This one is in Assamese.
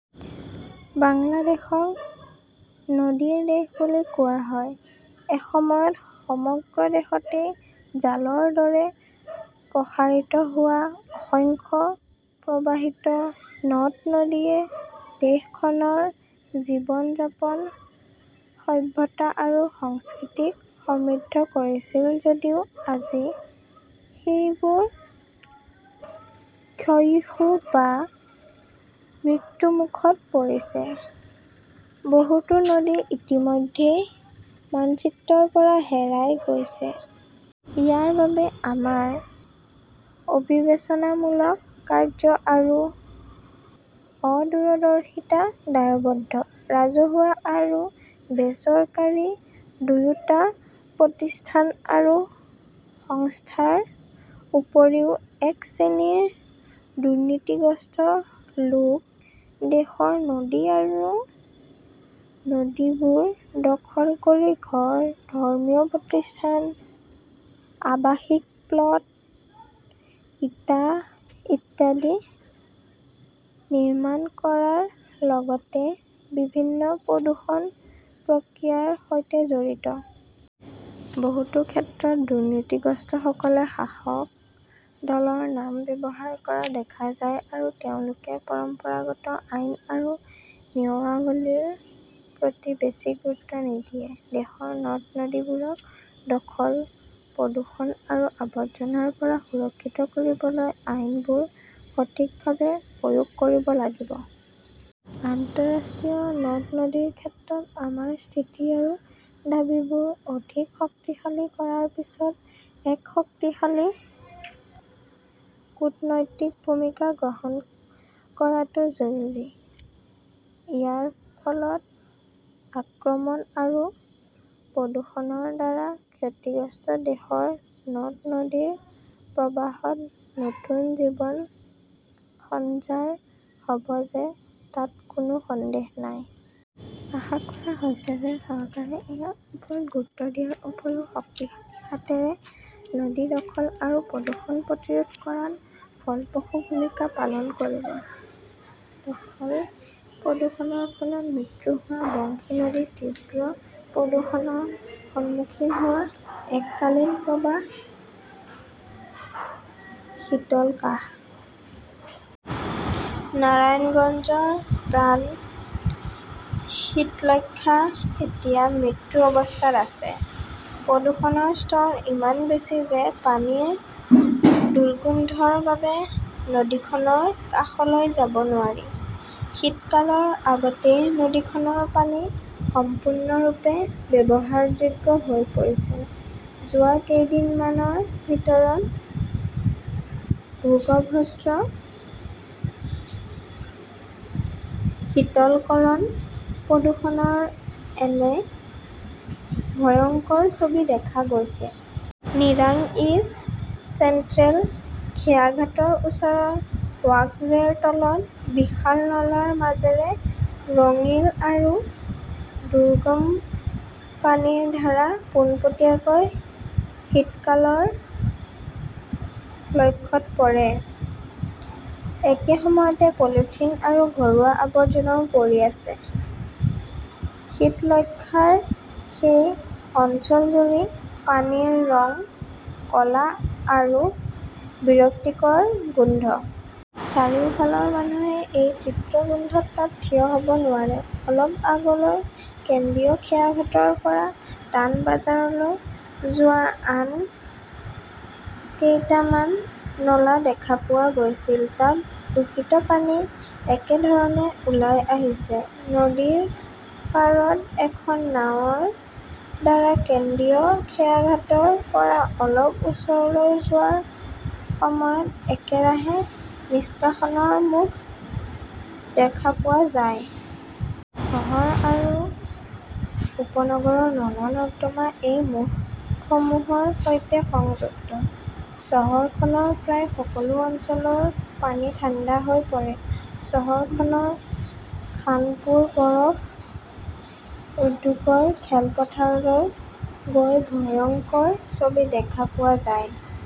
বাংলাদেশক নদীৰ দেশ বুলি কোৱা হয়। এসময়ত সমগ্ৰ দেশতে জালৰ দৰে প্ৰসাৰিত হোৱা অসংখ্য প্ৰৱাহিত নদ-নদীয়ে দেশখনৰ জীৱন-যাপন, সভ্যতা আৰু সংস্কৃতিক সমৃদ্ধ কৰিছিল যদিও আজি সেইবোৰ ক্ষয়িষ্ণু বা মৃত্যমুখত পৰিছে। বহুতো নদী ইতিমধ্যে মানচিত্ৰৰ পৰা হেৰাই গৈছে। ইয়াৰ বাবে আমাৰ অবিবেচনামূলক কাৰ্য্য আৰু অদূৰদৰ্শিতা দায়বদ্ধ। ৰাজহুৱা আৰু বেচৰকাৰী দুয়োটা প্ৰতিষ্ঠান আৰু সংস্থাৰ উপৰিও, এক শ্ৰেণীৰ দুৰ্নীতিগ্ৰস্ত লোক দেশৰ নদী আৰু নদীবোৰ দখল কৰি ঘৰ, ধৰ্মীয় প্ৰতিষ্ঠান, আৱাসিক প্লট, ইটা ইত্যাদি নিৰ্মাণ কৰাৰ লগতে বিভিন্ন প্ৰদূষণ প্ৰক্ৰিয়াৰ সৈতে জড়িত। বহুতো ক্ষেত্ৰত, দুৰ্নীতিগ্ৰস্তসকলে শাসক দলৰ নাম ব্যৱহাৰ কৰা দেখা যায় আৰু তেওঁলোকে পৰম্পৰাগত আইন আৰু নিয়মাৱলীৰ প্ৰতি বেছি গুৰুত্ব নিদিয়ে। দেশৰ নদ-নদীসমূহক দখল, প্ৰদূষণ আৰু আৱৰ্জনাৰ পৰা সুৰক্ষিত কৰিবলৈ আইনবোৰ সঠিকভাৱে প্ৰয়োগ কৰিব লাগিব। আন্তঃৰাষ্ট্ৰীয় নদ- নদীৰ ক্ষেত্ৰত আমাৰ স্থিতি আৰু দাবীবোৰ অধিক শক্তিশালী কৰাৰ দিশত এক শক্তিশালী কূটনৈতিক ভূমিকা গ্ৰহণ কৰাটো জৰুৰী। ইয়াৰ ফলত আক্ৰমণ আৰু প্ৰদূষণৰ দ্বাৰা ক্ষতিগ্ৰস্ত দেশৰ নদ-নদীৰ প্ৰবাহত নতুন জীৱন সঞ্চাৰ হ'ব যে তাত কোনো সন্দেহ নাই। আশা কৰা হৈছে যে চৰকাৰে ইয়াৰ ওপৰত গুৰুত্ব দিয়াৰ উপৰিও শক্তিশালী হাতৰে নদী দখল আৰু প্ৰদূষণ প্ৰতিৰোধ কৰাত ফলপ্ৰসূ ভূমিকা পালন কৰিব। দখল-প্ৰদূষণৰ ফলত মৃত্যু হোৱা বংশী নদী তীব্ৰ প্ৰদূষণৰ সন্মুখীন হোৱা এককালীন প্ৰবাহ শীতলকাহ। নাৰায়ণগঞ্জৰ প্ৰাণ শীতলক্ষ্যা এতিয়া মৃত্যু অৱস্থাত আছে। প্ৰদূষণৰ স্তৰ ইমান বেছি যে পানীৰ দুৰ্গন্ধৰ বাবে নদীখনৰ কাষলৈ যাব নোৱাৰি। শীতকালৰ আগতেই নদীখনৰ পানী সম্পূৰ্ণৰূপে ব্যৱহাৰযোগ্য হৈ পৰিছে। যোৱা কেইদিনমানৰ ভিতৰত ভূগৰ্ভস্থ শীতলকৰণ প্ৰদূষণৰ এনে ভয়ংকৰ ছবি দেখা গৈছে। নীৰাংইজ চেণ্ট্ৰেল খেয়াঘাটৰ ওচৰৰ ৱাকৱেৰ তলত বিশাল নলাৰ মাজেৰে ৰঙীন আৰু দুৰ্গম পানীৰ ধাৰা পোনপটীয়াকৈ শীতকালৰ লক্ষ্যত পৰে। একে সময়তে পলিথিন আৰু ঘৰুৱা আৱৰ্জনাও পৰি আছে। শীতলক্ষ্যাৰ সেই অঞ্চলজুৰি পানীৰ ৰং ক'লা আৰু বিৰক্তিকৰ গোন্ধ। চাৰিওফালৰ মানুহে এই তিক্ত গোন্ধত তাত থিয় হ'ব নোৱাৰে। অলপ আগলৈ, কেন্দ্ৰীয় খেয়াঘাটৰ পৰা তানবাজাৰলৈ যোৱা আন কেইটামান নলা দেখা পোৱা গৈছিল। তাত দূষিত পানী একে ধৰণে ওলাই আহিছে। নদীৰ পাৰত এখন নাওৰ দ্বাৰা কেন্দ্ৰীয় খেয়াঘাটৰ পৰা অলপ উত্তৰলৈ যোৱাৰ সময়ত একেৰাহে নিষ্কাশনৰ মুখ দেখা পোৱা যায়। চহৰ আৰু উপনগৰৰ নলা-নৰ্দমা এই মুখসমূহৰ সৈতে সংযুক্ত। চহৰখনৰ প্ৰায় সকলো অঞ্চলৰ পানী ঠাণ্ডা হৈ পৰে। চহৰখনৰ খানপুৰ বৰফ উদ্যোগৰ খেলপথাৰলৈ গৈ ভয়ংকৰ ছবি দেখা পোৱা যায়।